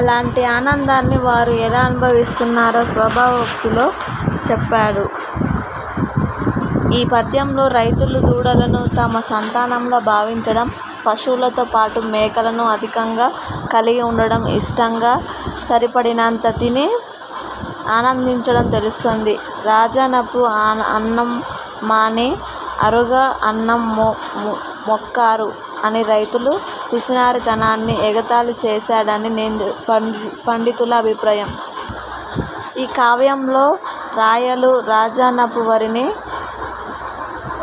అలాంటి ఆనందాన్ని వారు ఎలా అనుభవిస్తున్నారో స్వభావోక్తిలో చెప్పాడు. ఈ పద్యంలో రైతులు దూడలను తమ సంతానంలా భావించడం, పశువులతో పాటు మేకలను అధికంగా కలిగి ఉండడం, ఇష్టంగా సరి పడినంత తిని ఆనందించడం తెలుస్తోంది. రాజనపు అన్నం మాని ఆరుగ అన్నం మెక్కారు అని రైతుల పిసినారితనాన్ని ఎగతాళి చేశాడని పండితుల అభిప్రాయం. ఈ కావ్యంలో రాయలు రాజనపు వరిని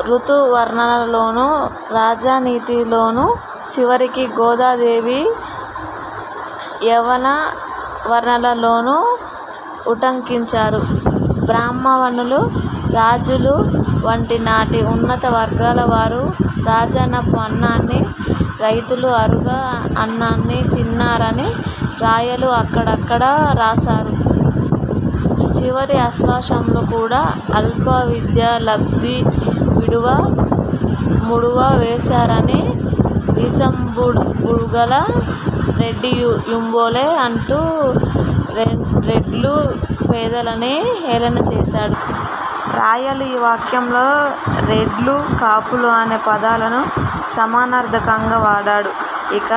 ఋతు వర్ణనలోను, రాజనీతిలోను, చివరికి గోదాదేవి యౌవనవర్ణనలోనూ ఉటంకించాడు. బ్రాహ్మ ణులు, రాజులు వంటి నాటి ఉన్నతవర్గాలవారు రాజనపు అన్నాన్ని, రైతులు ఆరుగ అన్నాన్ని తిన్నారని రాయలు అక్కడక్కడ రాశాడు. చివరిఆశ్వాసంలో కూడా ''అల్ప విద్యా లబ్ధి విడువ, ముడువ వేసారని వీసంబుగల రెడ్డియుంబోలె'' అంటూ రెడ్లు పేదలని హేళనచేశాడు. రాయలు ఈ కావ్యంలో రెడ్లు, కాపులు అనే పదాలను సమానార్థకంగా వాడాడు. ఇక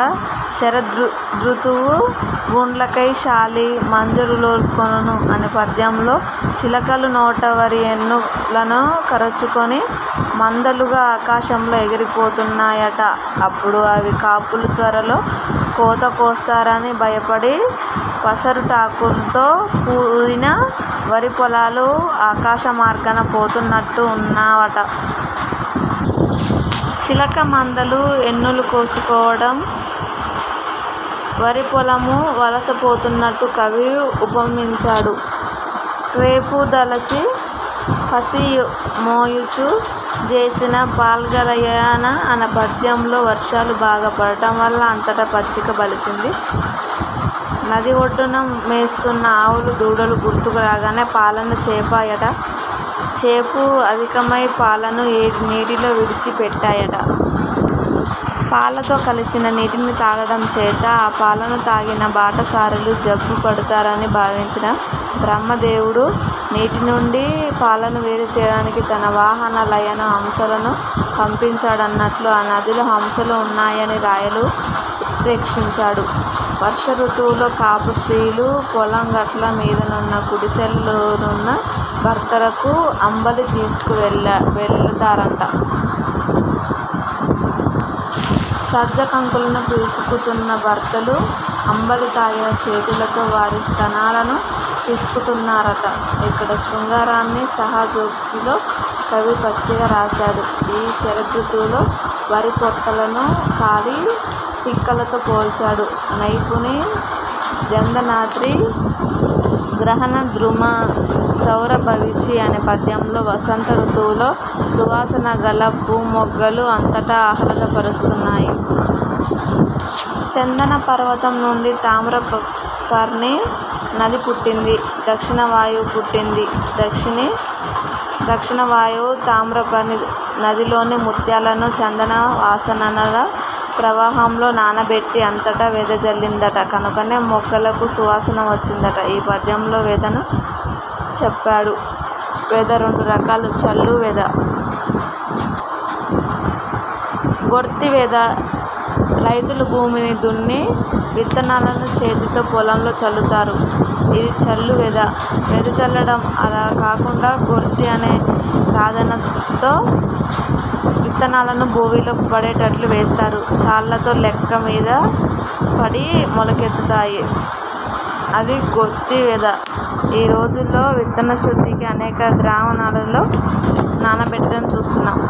శరదృతువు-- ''గూండ్లకై శాలి మంజరుల్గొనుచు'' అనే పద్యంలో చిలకలు నోట వరి ఎన్నులను కరచుకొని మందలుగా ఆకాశంలో ఎగిరిపోతున్నాయట. అప్పుడు అవి కాపులు త్వరలో కోత కోస్తారని భయపడి పసరుటాకుతో కూడిన వరి పొలాలు ఆకాశమార్గాన పోతున్నట్టు ఉన్నవట. చిలక మందలు ఎన్నులుకోసుకుపోవడం వరిపొలము వలసపోతున్నట్లు కవి ఉపమించాడు. ''క్రేపుదలచి పసి మేయుచు జేసిన పాల్గలయ'', అనే పద్యంలో వర్షాలు బాగా పడడంవల్ల అంతటా పచ్చిక బలిసింది. నదిఒడ్డున మేస్తున్న ఆవులు దూడలు గుర్తుకు రాగానే పాలను చేపా యట. చేపు అధికమై పాలను ఏటి నీటిలో విడిచి పెట్టాయట. పాలతో కలసిన నీటిని తాగడం చేత ఆ పాలను తాగిన బాటసారులు జబ్బు పడతారని భావించిన బ్రహ్మదేవుడు నీటినుండి పాలను వేరుచేయడానికి తన వాహనా లయిన హంసలను పంపించాడన్నట్లు ఆ నదిలో హంసలు ఉన్నాయని రాయలు ఉత్ర్పేక్షించాడు. వర్ష ఋతువులో కాపు స్త్రీలు పొలం గట్ల మీదనున్న గుడిసెల లోనున్న భర్తలకు అంబలి తీసుకు వెళతారట. సజ్జ కంకులను పిసుకుతున్న భర్తలు అంబలి తాగిన చేతులతో వారి స్తనాలను పిసుకుతున్నారట. ఇక్కడ శృంగారాన్ని సహజోక్తిలో కవి పచ్చిగా రాశాడు. ఈ శరదృతువులో వరిపొట్టలను కాలి పిక్కలతో పోల్చాడు. ''నైపుణి జందనాద్రి గహన ద్రుమ సౌరభవీచి '' అనే పద్యంలో వసంత ఋతువులో సువాసన గల పూమొగ్గలు అంతటా ఆహ్లాద పరుస్తున్నాయి. చందన పర్వతం నుండి తామ్రపర్ణీ నది పుట్టింది. దక్షిణ వాయువూ పుట్టింది. దక్షిణ వాయువు తామ్రపర్ణీ నదిలోని ముత్యాలను చందన వాసనల ప్రవాహంలో నానబెట్టి అంతటా వెదజల్లిందట. కనుకనే మొగ్గలకు సువాసన వచ్చిందట. ఈ పద్యంలో వెదను చెప్పాడు. వెద రెండు రకాలు. చల్లు వెద. గొర్తి వెద. రైతులు భూమిని దున్ని విత్తనాలను చేతితో పొలంలో చల్లుతారు. ఇది చల్లు వెద. వెదజల్లడం. అలా కాకుండా గొర్తి అనే సాధనంతో విత్తనాలను భూమిలో పడేటట్టు వేస్తారు. చాళ్లలో లెక్క మీద పడి, మొలకెత్తుతాయి. అది గొర్తివెద. ఈ రోజుల్లో విత్తనశుద్ధికి అనేక ద్రావణాలలో నానబెట్టడం చూస్తున్నాం.